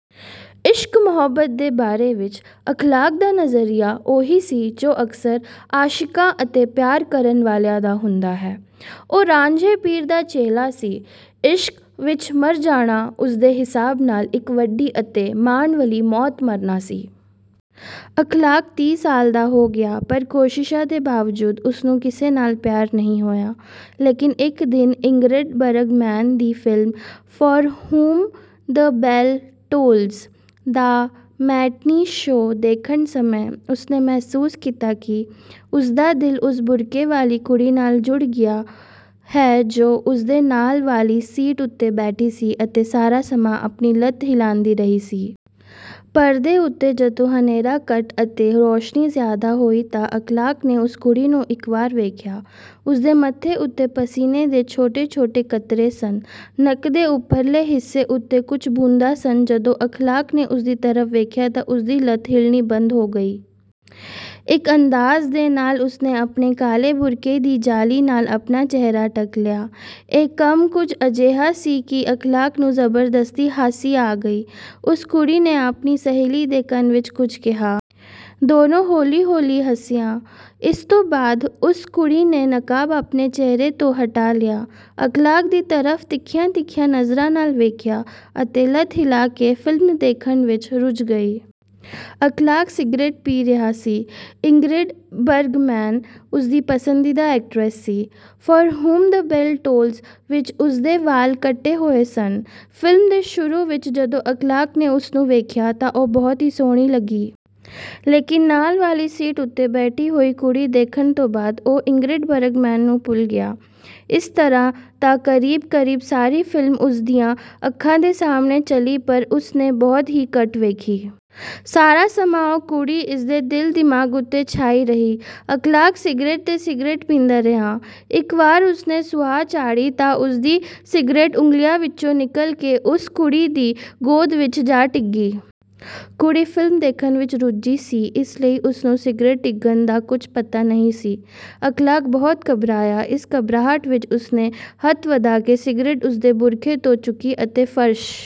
ਇਸ਼ਕ ਮੁਹੱਬਤ ਦੇ ਬਾਰੇ ਵਿੱਚ ਅਖ਼ਲਾਕ ਦਾ ਨਜ਼ਰੀਆ ਉਹੀ ਸੀ ਜੋ ਅਕਸਰ ਆਸ਼ਿਕਾਂ ਅਤੇ ਪਿਆਰ ਕਰਨ ਵਾਲਿਆਂ ਦਾ ਹੁੰਦਾ ਹੈ। ਉਹ ਰਾਂਝੇ ਪੀਰ ਦਾ ਚੇਲਾ ਸੀ। ਇਸ਼ਕ ਵਿੱਚ ਮਰ ਜਾਣਾ ਉਸਦੇ ਹਿਸਾਬ ਨਾਲ ਇੱਕ ਵੱਡੀ ਅਤੇ ਮਾਣ ਵਾਲੀ ਮੌਤ ਮਰਨਾ ਸੀ। ਅਖ਼ਲਾਕ ਤੀਹ ਸਾਲ ਦਾ ਹੋ ਗਿਆ। ਪਰ ਕੋਸ਼ਿਸ਼ਾਂ ਦੇ ਬਾਵਜੂਦ ਉਸ ਨੂੰ ਕਿਸੇ ਨਾਲ ਪਿਆਰ ਨਹੀਂ ਹੋਇਆ ਲੇਕਿਨ ਇੱਕ ਦਿਨ ਇੰਗਰਿਡ ਬਰਗਮੈਨ ਦੀ film "For Whom the Bell Tolls" ਦਾ ਮੈਟਨੀ ਸ਼ੋਅ ਦੇਖਣ ਸਮੇਂ ਉਸ ਨੇ ਮਹਿਸੂਸ ਕੀਤਾ ਕਿ ਉਸ ਦਾ ਦਿਲ ਉਸ ਬੁਰਕੇ ਵਾਲੀ ਕੁੜੀ ਨਾਲ ਜੁੜ ਗਿਆ ਹੈ ਜੋ ਉਸ ਦੇ ਨਾਲ ਵਾਲੀ ਸੀਟ ਉੱਤੇ ਬੈਠੀ ਸੀ ਅਤੇ ਸਾਰਾ ਸਮਾਂ ਆਪਣੀ ਲੱਤ ਹਿਲਾਂਦੀ ਰਹੀ ਸੀ। ਪਰਦੇ ਉੱਤੇ ਜਦੋਂ ਹਨੇਰਾ ਘੱਟ ਅਤੇ ਰੋਸ਼ਨੀ ਜ਼ਿਆਦਾ ਹੋਈ ਤਾਂ ਅਖ਼ਲਾਕ ਨੇ ਉਸ ਕੁੜੀ ਨੂੰ ਇੱਕ ਵਾਰ ਵੇਖਿਆ। ਉਸ ਦੇ ਮੱਥੇ ਉੱਤੇ ਪਸੀਨੇ ਦੇ ਛੋਟੇ ਛੋਟੇ ਕਤਰੇ ਸਨ। ਨੱਕ ਦੇ ਉੱਪਰਲੇ ਹਿੱਸੇ ਉੱਤੇ ਕੁਝ ਬੂੰਦਾਂ ਸਨ ਜਦੋਂ ਅਖ਼ਲਾਕ ਨੇ ਉਸਦੀ ਤਰਫ਼ ਵੇਖਿਆ ਤਾਂ ਉਸਦੀ ਲੱਤ ਹਿਲਣੀ ਬੰਦ ਹੋ ਗਈ। ਇੱਕ ਅੰਦਾਜ਼ ਦੇ ਨਾਲ ਉਸ ਨੇ ਆਪਣੇ ਕਾਲੇ ਬੁਰਕੇ ਦੀ ਜਾਲੀ ਨਾਲ ਆਪਣਾ ਚਿਹਰਾ ਢਕ ਲਿਆ। ਇਹ ਕੰਮ ਕੁੱਝ ਅਜਿਹਾ ਸੀ ਕਿ ਅਖ਼ਲਾਕ ਨੂੰ ਜ਼ਬਰਦਸਤੀ ਹਾਸੀ ਆ ਗਈ। ਉਸ ਕੁੜੀ ਨੇ ਆਪਣੀ ਸਹੇਲੀ ਦੇ ਕੰਨ ਵਿੱਚ ਕੁੱਝ ਕਿਹਾ। ਦੋਨੋਂ ਹੌਲੀ ਹੌਲੀ ਹੱਸੀਆਂ। ਇਸ ਤੋਂ ਬਾਅਦ ਉਸ ਕੁੜੀ ਨੇ ਨਕਾਬ ਆਪਣੇ ਚਿਹਰੇ ਤੋਂ ਹਟਾ ਲਿਆ। ਅਖ਼ਲਾਕ ਦੀ ਤਰਫ਼ ਤਿੱਖੀਆਂ ਤਿੱਖੀਆਂ ਨਜ਼ਰਾਂ ਨਾਲ ਵੇਖਿਆ ਅਤੇ ਲੱਤ ਹਿੱਲਾ ਕੇ ਫ਼ਿਲਮ ਦੇਖਣ ਵਿੱਚ ਰੁੱਝ ਗਈ। ਅਖ਼ਲਾਕ ਸਿਗਰਟ ਪੀ ਰਿਹਾ ਸੀ। ਇੰਗਰਿਡ ਬਰਗਮੈਨ ਉਸਦੀ ਪਸੰਦੀਦਾ ਐਕਟਰਸ ਸੀ। "For Whom the Bell Tolls" ਵਿੱਚ ਉਸ ਦੇ ਵਾਲ਼ ਕੱਟੇ ਹੋਏ ਸਨ। ਫ਼ਿਲਮ ਦੇ ਸ਼ੁਰੂ ਵਿੱਚ ਜਦੋਂ ਅਖ਼ਲਾਕ ਨੇ ਉਸਨੂੰ ਵੇਖਿਆ ਤਾਂ ਉਹ ਬਹੁਤ ਹੀ ਸੋਹਣੀ ਲੱਗੀ। ਲੇਕਿਨ ਨਾਲ ਵਾਲੀ ਸੀਟ ਉੱਤੇ ਬੈਠੀ ਹੋਈ ਕੁੜੀ ਦੇਖਣ ਤੋਂ ਬਾਅਦ ਉਹ ਇੰਗਰਿਡ ਬਰਗਮੈਨ ਨੂੰ ਭੁੱਲ ਗਿਆ। ਇਸ ਤਰ੍ਹਾਂ ਤਾਂ ਕਰੀਬ ਕਰੀਬ ਸਾਰੀ ਫ਼ਿਲਮ ਉਸ ਦੀਆਂ ਅੱਖਾਂ ਦੇ ਸਾਹਮਣੇ ਚਲੀ ਪਰ ਉਸ ਨੇ ਬਹੁਤ ਹੀ ਘੱਟ ਵੇਖੀ। ਸਾਰਾ ਸਮਾਂ ਉਹ ਕੁੜੀ ਇਸ ਦੇ ਦਿਲ ਦਿਮਾਗ਼ ਉੱਤੇ ਛਾਈ ਰਹੀ। ਅਖ਼ਲਾਕ ਸਿਗਰਟ ਤੇ ਸਿਗਰਟ ਪੀਂਦਾ ਰਿਹਾ। ਇੱਕ ਵਾਰ ਉਸ ਨੇ ਸੁਆਹ ਝਾੜੀ ਤਾਂ ਉਸਦੀ ਸਿਗਰਟ ਉਂਗਲੀਆਂ ਵਿੱਚੋਂ ਨਿਕਲ ਕੇ ਉਸ ਕੁੜੀ ਦੀ ਗੋਦ ਵਿੱਚ ਜਾ ਡਿੱਗੀ। ਕੁੜੀ ਫ਼ਿਲਮ ਦੇਖਣ ਵਿੱਚ ਰੁੱਝੀ ਸੀ ਇਸ ਲਈ ਉਸ ਨੂੰ ਸਿਗਰਟ ਡਿੱਗਣ ਦਾ ਕੁੱਝ ਪਤਾ ਨਹੀਂ ਸੀ। ਅਖ਼ਲਾਕ ਬਹੁਤ ਘਬਰਾਇਆ। ਇਸ ਘਬਰਾਹਟ ਵਿੱਚ ਉਸ ਨੇ ਹੱਥ ਵਧਾ ਕੇ ਸਿਗਰਟ ਉਸ ਦੇ ਬੁਰਕੇ ਤੋਂ ਚੁੱਕੀ ਅਤੇ ਫ਼ਰਸ਼